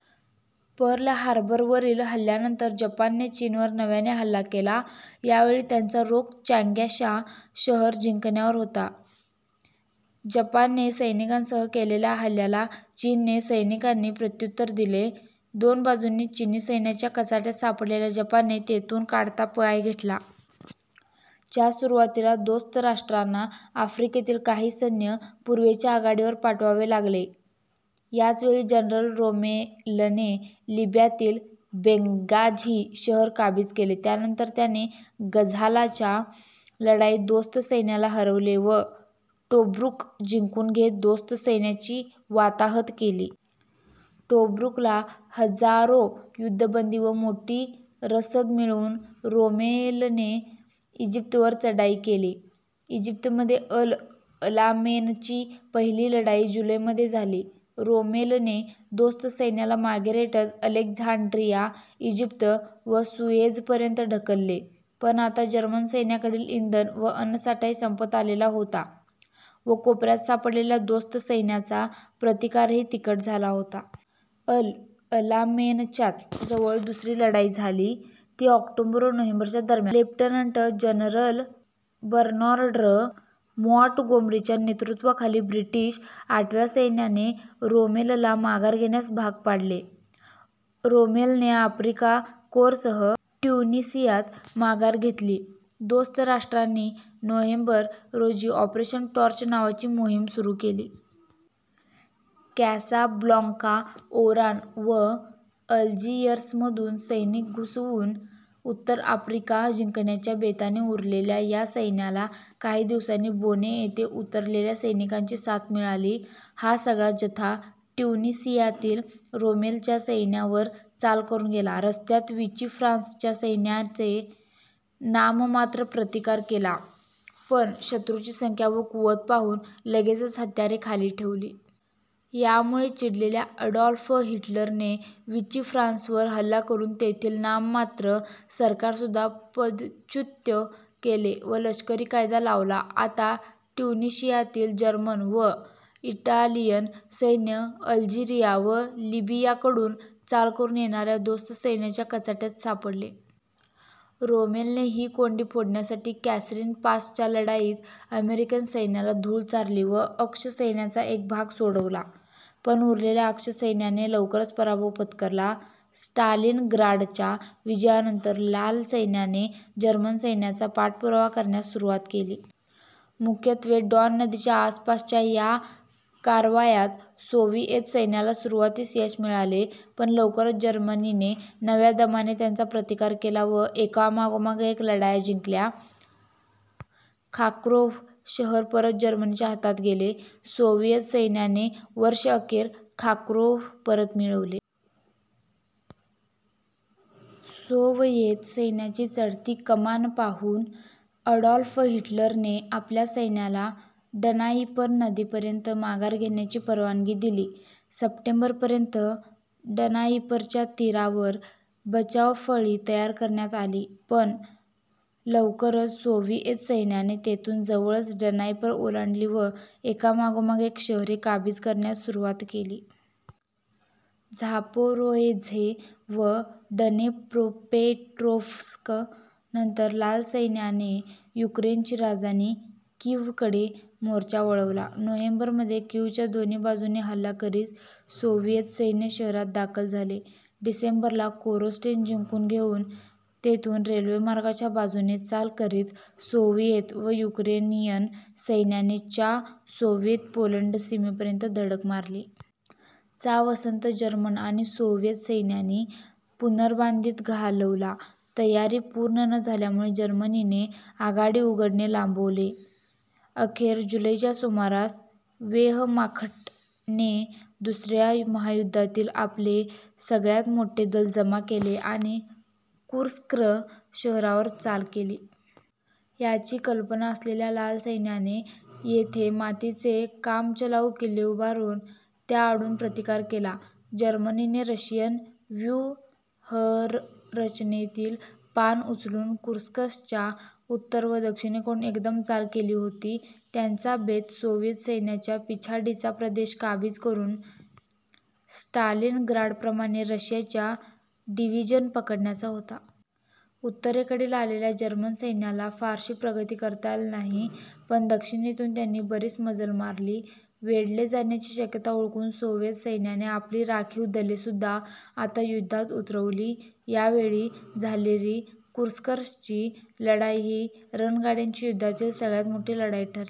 Perl हार्बरवरील हल्ल्यानंतर जपानने चीनवर नव्याने हल्ला केला. यावेळी त्यांचा रोख चांग्शा शहर जिंकण्यावर होता. जपानने सैनिकांसह केलेल्या हल्ल्याला चीनने सैनिकांनी प्रत्युत्तर दिले. दोन बाजूंनी चीनी सैन्याच्या कचाट्यात सापडलेल्या जपानने तेथून काढता पाय घेतला. च्या सुरुवातीला दोस्त राष्ट्रांना आफ्रिकेतील काही सैन्य पूर्वेच्या आघाडीवर पाठवावे लागले. याच वेळी जनरल रोमेलने लिब्यातील बेंगाझी शहर काबीज केले. त्यानंतर त्याने गझालाच्या लढाईत दोस्त सैन्याला हरवले व टोब्रुक जिंकून घेत दोस्त सैन्याची वाताहत केली. टोब्रुकला हजारो युद्धबंदी व मोठी रसद मिळवून रोमेलने इजिप्तवर चढाई केली. इजिप्तमध्ये अल अलामेनची पहिली लढाई जुलै मध्ये झाली. रोमेलने दोस्त सैन्याला मागे रेटत अलेक्झांड्रिया, इजिप्त व सुएझपर्यंत ढकलले पण आता जर्मन सैन्याकडील इंधन व अन्नसाठाही संपत आलेला होता व कोपऱ्यात सापडलेल्या दोस्त सैन्याचा प्रतिकारही तिखट झाला होता. अल अलामेनच्याच जवळ दुसरी लढाई झाली ती ऑक्टोबर व नोव्हेंबर च्या दरम्यान. लेफ्टनंट जनरल बर्नार्ड मॉॅंटगोमरीच्या नेतृत्वाखाली ब्रिटिश आठव्या सैन्याने रोमेलला माघार घेण्यास भाग पाडले. रोमेलने आफ्रिका कोरसह ट्युनिसियात माघार घेतली दोस्त राष्ट्रांनी नोव्हेंबर, रोजी ऑपरेशन टॉर्च नावाची मोहीम सुरू केली. कॅसाब्लांका, ओरान व अल्जीयर्समधून सैनिक घुसवून उत्तर आफ्रिका जिंकण्याच्या बेताने उतरलेल्या या सैन्याला काही दिवसांनी बोने येथे उतरलेल्या सैनिकांची साथ मिळाली. हा सगळा जथा ट्युनिसियातील रोमेलच्या सैन्यावर चाल करून गेला. रस्त्यात विची फ्रान्सच्या सैन्याने नाममात्र प्रतिकार केला पण शत्रूची संख्या व कुवत पाहून लगेचच हत्यारे खाली ठेवली. यामुळे चिडलेल्या ॲडॉल्फ हिटलरने वीचि फ्रान्सवर हल्ला करून तेथील नाममात्र सरकारसुद्धा पदच्युत केले व लष्करी कायदा लावला. आता ट्यूनीशियातील जर्मन व इटालियन सैन्य अल्जीरिया व लीबियाकडून चाल करून येणाऱ्या दोस्त सैन्याच्या कचाट्यात सापडले. रोमेलने ही कोंडी फोडण्यासाठी कॅसरीन पासच्या लढाईत अमेरिकन सैन्याला धूळ चारली व अक्ष सैन्याचा एक भाग सोडवला. पण उरलेल्या अक्ष सैन्याने लवकरच पराभव पत्करला. स्टालिनग्राडच्या विजयानंतर लाल सैन्याने जर्मन सैन्याचा पाठपुरावा करण्यास सुरुवात केली. मुख्यत्वे डॉन नदीच्या आसपासच्या या कारवायात सोव्हिएत सैन्याला सुरुवातीस यश मिळाले पण लवकरच जर्मनीने नव्या दमाने त्यांचा प्रतिकार केला व एकामागोमाग लढाया जिंकल्या. खार्कोव्ह शहर परत जर्मनीच्या हातात गेले. सोव्हिएत सैन्याने वर्षअखेर खार्कोव्ह परत मिळवले. सोवयेत सैन्याची चढती कमान पाहून ॲडॉल्फ हिटलरने आपल्या सैन्याला ड्नाइपर नदीपर्यंत माघार घेण्याची परवानगी दिली. सप्टेंबरपर्यंत ड्नाइपरच्या तीरावर बचावफळी तयार करण्यात आली पण लवकरच सोव्हिएत सैन्याने तेथून जवळच ड्नाइपर ओलांडली व एकामागोमाग शहरे काबीज करण्यास सुरुवात केली. झापोरोझ्ये व ड्नेप्रोपेट्रोव्ह्स्क नंतर लाल सैन्याने युक्रेनची राजधानी क्यीव्हकडे मोर्चा वळवला. नोव्हेंबरमध्ये क्यीव्हच्या दोन्ही बाजूंनी हल्ला करीत सोव्हिएत सैन्य शहरात दाखल झाले. डिसेंबर ला कोरोस्टेन जिंकून घेउन तेथून रेल्वेमार्गाच्या बाजूने चाल करीत सोव्हिएत व युक्रेनियन सैन्याने च्या सोव्हिएत- पोलंड सीमेपर्यंत धडक मारली. चा वसंत जर्मन आणि सोव्हिएत सैन्यांनी पुनर्बांधणीत घालवला. तयारी पूर्ण न झाल्यामुळे जर्मनीने आघाडी उघडणे लांबवले. अखेर जुलै च्या सुमारास वेह्रमाख्टने दुसऱ्या महायुद्धातील आपले सगळ्यात मोठे दल जमा केले आणि कुर्स्क शहरावर चाल केली. याची कल्पना असलेल्या लाल सैन्याने येथे मातीचे कामचलाउ किल्ले उभारून त्याआडून प्रतिकार केला. जर्मनीने रशियन व्यूहरचनेतील पान उचलून कुर्स्कच्या उत्तर व दक्षिणेकडून एकदम चाल केली होती. त्यांचा बेत सोव्हिएत सैन्याच्या पिछाडीचा प्रदेश काबीज करून स्टालिनग्राडप्रमाणे रशियाच्या डिव्हिजन पकडण्याचा होता. उत्तरेकडून आलेल्या जर्मन सैन्याला फारशी प्रगती करता नाही आली पण दक्षिणेतून त्यांनी बरीच मजल मारली. वेढले जाण्याची शक्यता ओळखून सोव्हिएत सैन्याने आपली राखीव दलेसुद्धा आता युद्धात उतरवली. यावेळी झालेली कुर्स्कची लढाई ही रणगाड्यांची युद्धातील सगळ्यात मोठी लढाई ठरली.